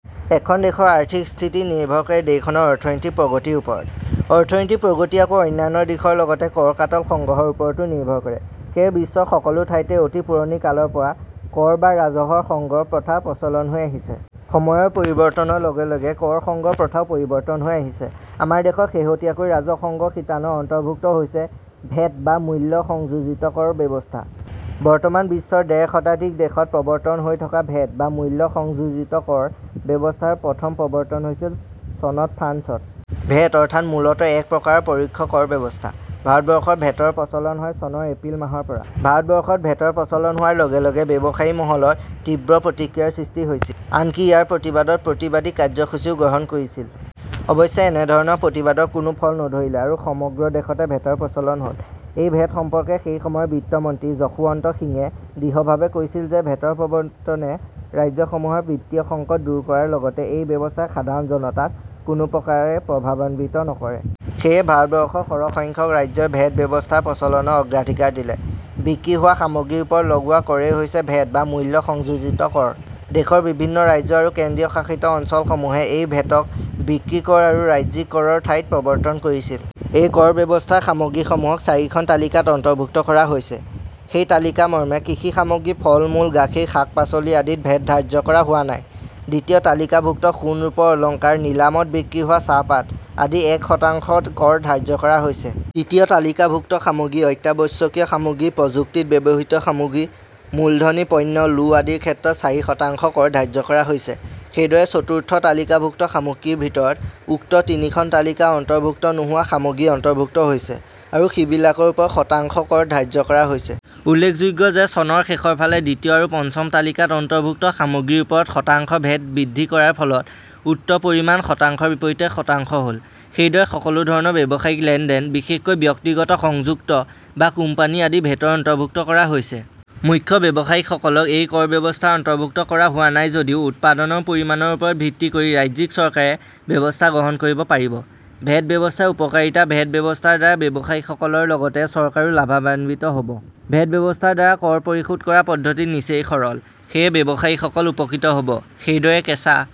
এখন দেশৰ আৰ্থিক স্থিতি নিৰ্ভৰ কৰে দেশখনৰ অৰ্থনৈতিক প্ৰগতিৰ ওপৰত। অৰ্থনৈতিক প্ৰগতি আকৌ অন্যান্য দিশৰ লগতে কৰ-কাটল সগ্ৰহৰ ওপৰতো নিৰ্ভৰ কৰে। সেয়ে বিশ্বৰ সকলো ঠাইতে অতি পুৰণি কালৰ পৰা কৰ বা ৰাজহৰ সংগ্ৰহ প্ৰথা প্ৰচলন হৈ আহিছে। সময়ৰ পৰিৱৰ্তনৰ লগে লগে কৰ সংগ্ৰহ প্ৰথাও পৰিৱৰ্তন হৈ আহিছে। আমাৰ দেশত শেহতীয়াকৈ ৰাজহ সংগ্ৰহ শিতানত অন্তৰ্ভুক্ত হৈছে ভেট বা মূল্য সংযোজিত কৰ ব্যৱস্থা। বৰ্তমান বিশ্বৰ ডেৰ শতাধিক দেশত প্ৰৱৰ্তন হৈ থকা ভেট বা মূল্য সংযোজিত কৰ ব্যৱস্থাৰ প্ৰথম প্ৰৱৰ্তন হৈছিল চনত ফ্ৰান্সত। ভেট অৰ্থাৎ মূলতঃ একপ্ৰকাৰৰ পৰোক্ষ কৰ ব্যৱস্থা। ভাৰতবৰ্ষত ভেটৰ প্ৰচলন হয় চনৰ এপ্ৰিল মাহৰ পৰা। ভাৰতবৰ্ষত ভেটৰ প্ৰচলন হোৱাৰ লগে লগে ব্যৱসায়ী মহলত তীব্ৰ প্ৰতিক্ৰিয়াৰ সৃষ্টি হৈছিল৷ আনকি ইয়াৰ প্ৰতিবাদত প্ৰতিবাদী কাৰ্যসূচীও গ্ৰহণ কৰিছিল। অৱশ্যে এনেধৰণৰ প্ৰতিবাদৰ কোনো ফল নধৰিলে আৰু সমগ্ৰ দেশতে ভেটৰ প্ৰচলন হ'ল। এই ভেট সম্পৰ্কে সেই সময়ৰ বিত্তমন্ত্ৰী যশোৱন্ত সিঙে দৃঢ়ভাৱে কৈছিল যে ভেটৰ প্ৰৱৰ্তনে ৰাজ্যসমূহৰ বিত্তীয় সংকট দূৰ কৰাৰ লগতে এই ব্যৱস্থাই সাধাৰণ জনতাক কোনোপ্ৰকাৰে প্ৰভাৱান্বিত নকৰে। সেয়ে ভাৰতবৰ্ষৰ সৰহসংখ্যক ৰাজ্যই ভেট ব্যৱস্থা প্ৰচলনত অগ্ৰাধিকাৰ দিলে। বিক্ৰী হোৱা সামগ্ৰীৰ ওপৰত লগোৱা কৰেই হৈছে ভেট বা মূল্য সংযোজিত কৰ। দেশৰ বিভিন্ন ৰাজ্য আৰু কেন্দ্ৰীয়শাসিত অঞ্চলসমূহে এই ভেটক বিক্ৰী কৰ আৰু ৰাজ্যিক কৰৰ ঠাইত প্ৰৱৰ্তন কৰিছিল। এই কৰ ব্যৱস্থাৰ সামগ্ৰীসমূহক চাৰিখন তালিকাত অন্তৰ্ভূক্ত কৰা হৈছে। সেই তালিকামৰ্মে কৃষি সামগ্ৰী, ফলমূল, গাখীৰ, শাক-পাচলি আদিত ভেট ধাৰ্য কৰা হোৱা নাই। দ্বিতীয় তালিকাভুক্ত সোণ-ৰূপৰ অলংকাৰ, নিলামত বিক্ৰী হোৱা চাহপাত আদিত এক শতাংশ কৰ ধাৰ্য কৰা হৈছে। তৃতীয় তালিকাভুক্ত সামগ্ৰী- অত্যাৱশ্যকীয় সামগ্ৰী, প্ৰযুক্তিত ব্যৱহৃত সামগ্ৰী, মূলধনী পণ্য, লো আদিৰ ক্ষেত্ৰত চাৰি শতাংশ কৰ ধাৰ্য কৰা হৈছে। সেইদৰে চতুৰ্থ তালিকাভুক্ত সামগ্ৰীৰ ভিতৰত উক্ত তিনিখন তালিকাত অন্তৰ্ভুক্ত নোহোৱা সামগ্ৰী অন্তৰ্ভুক্ত হৈছে আৰু সিবিলাকৰ ওপৰত শতাংশ কৰ ধাৰ্য কৰা হৈছে। উল্লেখযোগ্য যে চনৰ শেষৰফালে দ্বিতীয় আৰু পঞ্চম তালিকাত অন্তৰ্ভুক্ত সামগ্ৰীৰ ওপৰত শতাংশ ভেট বৃদ্ধি কৰাৰ ফলত উক্ত পৰিমাণ শতাংশৰ বিপৰীতে শতাংশ হ'ল। সেইদৰে সকলো ধৰণৰ ব্যৱসায়িক লেনদেন, বিশেষকৈ ব্যক্তিগত, সংযুক্ত বা কোম্পানী আদি ভেটৰ অন্তৰ্ভুক্ত কৰা হৈছে। মুখ্য বাৱসায়ীসকলক এই কৰ ব্যৱস্থাৰ অন্তৰ্ভুক্ত কৰা হোৱা নাই যদিও উৎপাদনৰ পৰিমাণৰ ওপৰত ভিত্তি কৰি ৰাজ্যিক চৰকাৰে ব্যৱস্থা গ্ৰহণ কৰিব পাৰিব। ভেট ব্যৱস্থাৰ উপকাৰিতা ভেট ব্যৱস্থাৰ দ্বাৰা ব্যৱসায়ীসকলৰ লগতে চৰকাৰো লাভাৱান্বিত হ'ব। ভেট ব্যৱস্থাৰ দ্বাৰা কৰ পৰিশোধ কৰা পদ্ধতি নিচেই সৰল, সেয়ে ব্যৱসায়ীসকল উপকৃত হ'ব। সেইদৰে কেঁচা